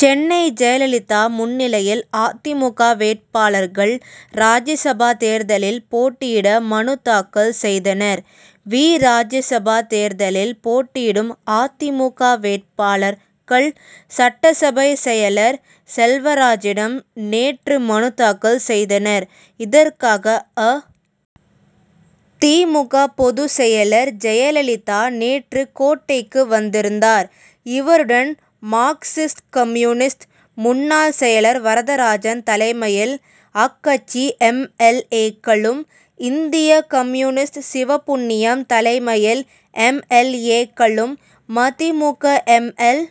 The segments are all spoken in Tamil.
சென்னை ஜெயலலிதா முன்னிலையில் அ. தி. மு. க. வேட்பாளர்கள் ராஜ்யசபா தேர்தலில் போட்டியிட மனு தாக்கல் செய்தனர். வி. ராஜ்யசபா தேர்தலில் போட்டியிடும் அ. தி. மு. க. வேட்பாளர்கள் சட்டசபை செயலர் செல்வராஜிடம் நேற்று மனு தாக்கல் செய்தனர். இதற்காக அ. தி. மு. க. பொதுச் செயலர் ஜெயலலிதா நேற்று கோட்டைக்கு வந்திருந்தார். இவருடன் மார்க்சிஸ்ட் கம்யூனிஸ்ட் முன்னாள் செயலர் வரதராஜன் தலைமையில் அக்கட்சி எம். எல். ஏ.க்களும் இந்திய கம்யூனிஸ்ட் சிவபுண்ணியம் தலைமையில் எம். எல். ஏ.க்களும் ம. தி. மு. க. எம். எல்.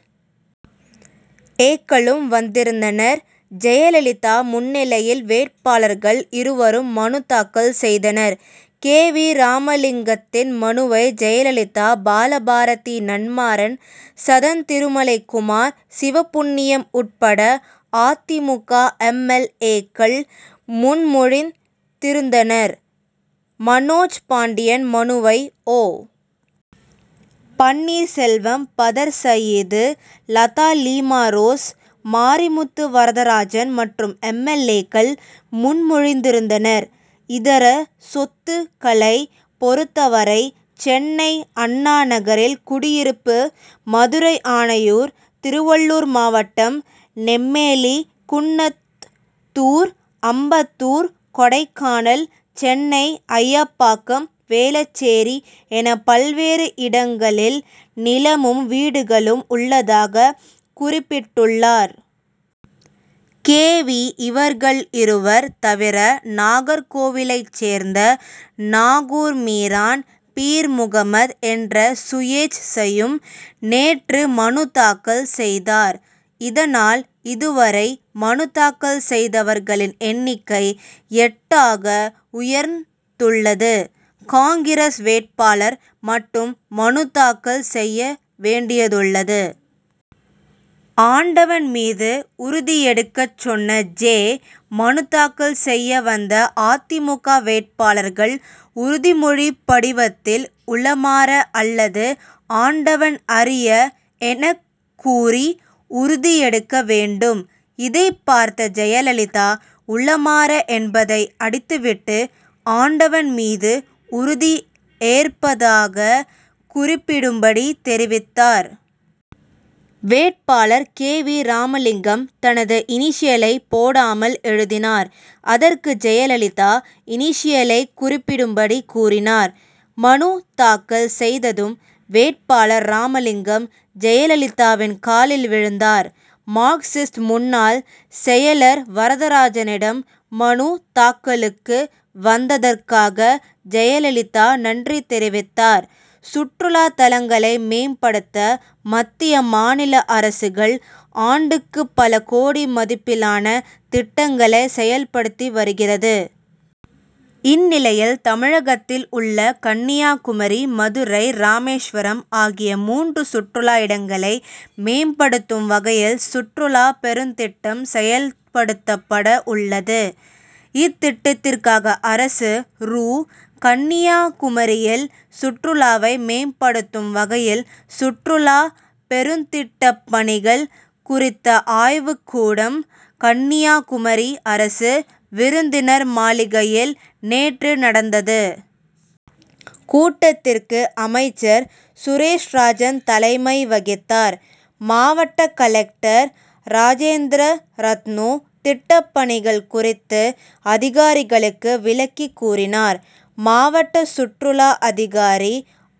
ஏ.க் களும் வந்திருந்தனர். ஜெயலலிதா முன்னிலையில் வேட்பாளர்கள் இருவரும் மனு தாக்கல் செய்தனர். கே. வி. ராமலிங்கத்தின் மனுவை ஜெயலலிதா பாலபாரதி நன்மாறன் சதன் திருமலைக்குமார் சிவபுண்ணியம் உட்பட அ. தி. மு. க. எம். எல். ஏ.க்கள் முன்மொழிந்திருந்தனர். மனோஜ் பாண்டியன் மனுவை ஓ. பன்னீர்செல்வம் பதர்சயீது லதா லீமாரோஸ் மாரிமுத்து வரதராஜன் மற்றும் எம். எல். ஏ.க்கள் முன்மொழிந்திருந்தனர். இதர சொத்துக் களை பொறுத்தவரை சென்னை அண்ணாநகரில் குடியிருப்பு மதுரை ஆணையூர் திருவள்ளூர் மாவட்டம் நெம்மேலி குன்னத் தூர் அம்பத்தூர் கொடைக்கானல் சென்னை அயப்பாக்கம் வேளச்சேரி என பல்வேறு இடங்களில் நிலமும் வீடுகளும் உள்ளதாக குறிப்பிட்டுள்ளார். கே. வி. இவர்கள் இருவர் தவிர நாகர்கோவிலைச் சேர்ந்த நாகூர் மீரான் பீர்முகமது என்ற சுயேச்சையும் நேற்று மனு தாக்கல் செய்தார். இதனால் இதுவரை மனு தாக்கல் செய்தவர்களின் எண்ணிக்கை எட்டு ஆக உயர்ந் துள்ளது. காங்கிரஸ் வேட்பாளர் மட்டும் மனு தாக்கல் செய்ய வேண்டியதுள்ளது. ஆண்டவன் மீது உறுதி எடுக்கச் சொன்ன ஜெ. மனு தாக்கல் செய்ய வந்த அ. தி. மு. க. வேட்பாளர்கள் உறுதிமொழி படிவத்தில் உளமாற அல்லது ஆண்டவன் அறிய எனக் கூறி உறுதி எடுக்க வேண்டும். இதைப் பார்த்த ஜெயலலிதா உளமாற என்பதை அடித்துவிட்டு ஆண்டவன் மீது உறுதி ஏற்பதாக குறிப்பிடும்படி தெரிவித்தார். வேட்பாளர் கே. வி. ராமலிங்கம் தனது இனிஷியலை போடாமல் எழுதினார். அதற்கு ஜெயலலிதா இனிஷியலை குறிப்பிடும்படி கூறினார். மனு தாக்கல் செய்ததும் வேட்பாளர் ராமலிங்கம் ஜெயலலிதாவின் காலில் விழுந்தார். மார்க்சிஸ்ட் முன்னாள் செயலர் வரதராஜனிடம் மனு தாக்கலுக்கு வந்ததற்காக ஜெயலலிதா நன்றி தெரிவித்தார். சுற்றுலா தலங்களை மேம்படுத்த மத்திய மாநில அரசுகள் ஆண்டுக்கு பல கோடி மதிப்பிலான திட்டங்களை செயல்படுத்தி வருகிறது. இந்நிலையில் தமிழகத்தில் உள்ள கன்னியாகுமரி மதுரை ராமேஸ்வரம் ஆகிய மூன்று சுற்றுலா இடங்களை மேம்படுத்தும் வகையில் சுற்றுலா பெருந்திட்டம் செயல்படுத்தப்பட உள்ளது. இத்திட்டத்திற்காக அரசு ரூ. கன்னியாகுமரியில் சுற்றுலாவை மேம்படுத்தும் வகையில் சுற்றுலா பெருந்திட்டப் பணிகள் குறித்த ஆய்வுக்கூடம் கன்னியாகுமரி அரசு விருந்தினர் மாளிகையில் நேற்று நடந்தது. கூட்டத்திற்கு அமைச்சர் சுரேஷ்ராஜன் தலைமை வகித்தார். மாவட்ட கலெக்டர் ராஜேந்திர ரத்னூ திட்டப்பணிகள் குறித்து அதிகாரிகளுக்கு விளக்கி கூறினார். மாவட்ட சுற்றுலா அதிகாரி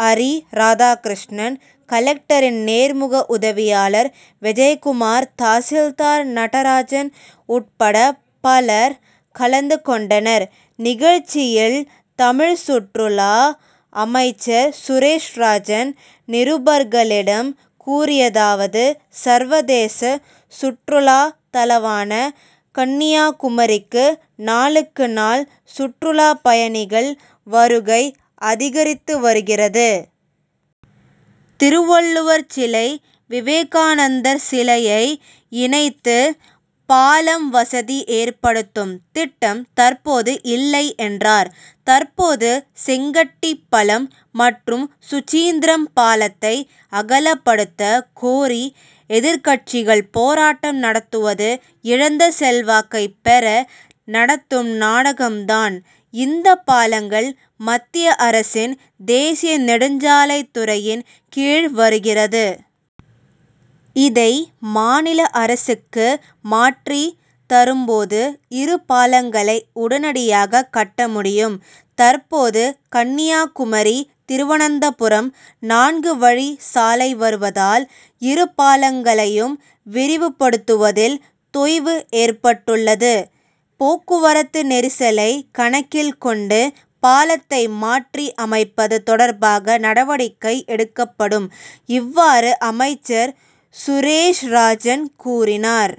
அரி ராதாகிருஷ்ணன் கலெக்டரின் நேர்முக உதவியாளர் விஜயகுமார் தாசில்தார் நடராஜன் உட்பட பலர் கலந்து கொண்டனர். நிகழ்ச்சியில் தமிழ் சுற்றுலா அமைச்சர் சுரேஷ்ராஜன் நிருபர்களிடம் கூறியதாவது சர்வதேச சுற்றுலா தலமான கன்னியாகுமரிக்கு நாளுக்கு நாள் சுற்றுலா பயணிகள் வருகை அதிகரித்து வருகிறது. திருவள்ளுவர்சிலை விவேகானந்தர் சிலையை இணைத்து பாலம் வசதி ஏற்படுத்தும் திட்டம் தற்போது இல்லை என்றார். தற்போது செங்கட்டி பலம் மற்றும் சுசீந்திரம் பாலத்தை அகலப்படுத்த கோரி எதிர்கட்சிகள் போராட்டம் நடத்துவது இழந்த செல்வாக்கை பெற நடத்தும் நாடகம்தான். இந்த பாலங்கள் மத்திய அரசின் தேசிய நெடுஞ்சாலை துறையின் கீழ் வருகிறது. இதை மாநில அரசுக்கு மாற்றி தரும்போது இரு பாலங்களை உடனடியாக கட்டமுடியும். தற்போது கன்னியாகுமரி- திருவனந்தபுரம் நான்கு வழி சாலை வருவதால் இரு பாலங்களையும் விரிவுபடுத்துவதில் தொய்வு ஏற்பட்டுள்ளது. போக்குவரத்து நெரிசலை கணக்கில் கொண்டு பாலத்தை மாற்றி அமைப்பது தொடர்பாக நடவடிக்கை எடுக்கப்படும். இவ்வாறு அமைச்சர் சுரேஷ்ராஜன் கூறினார்.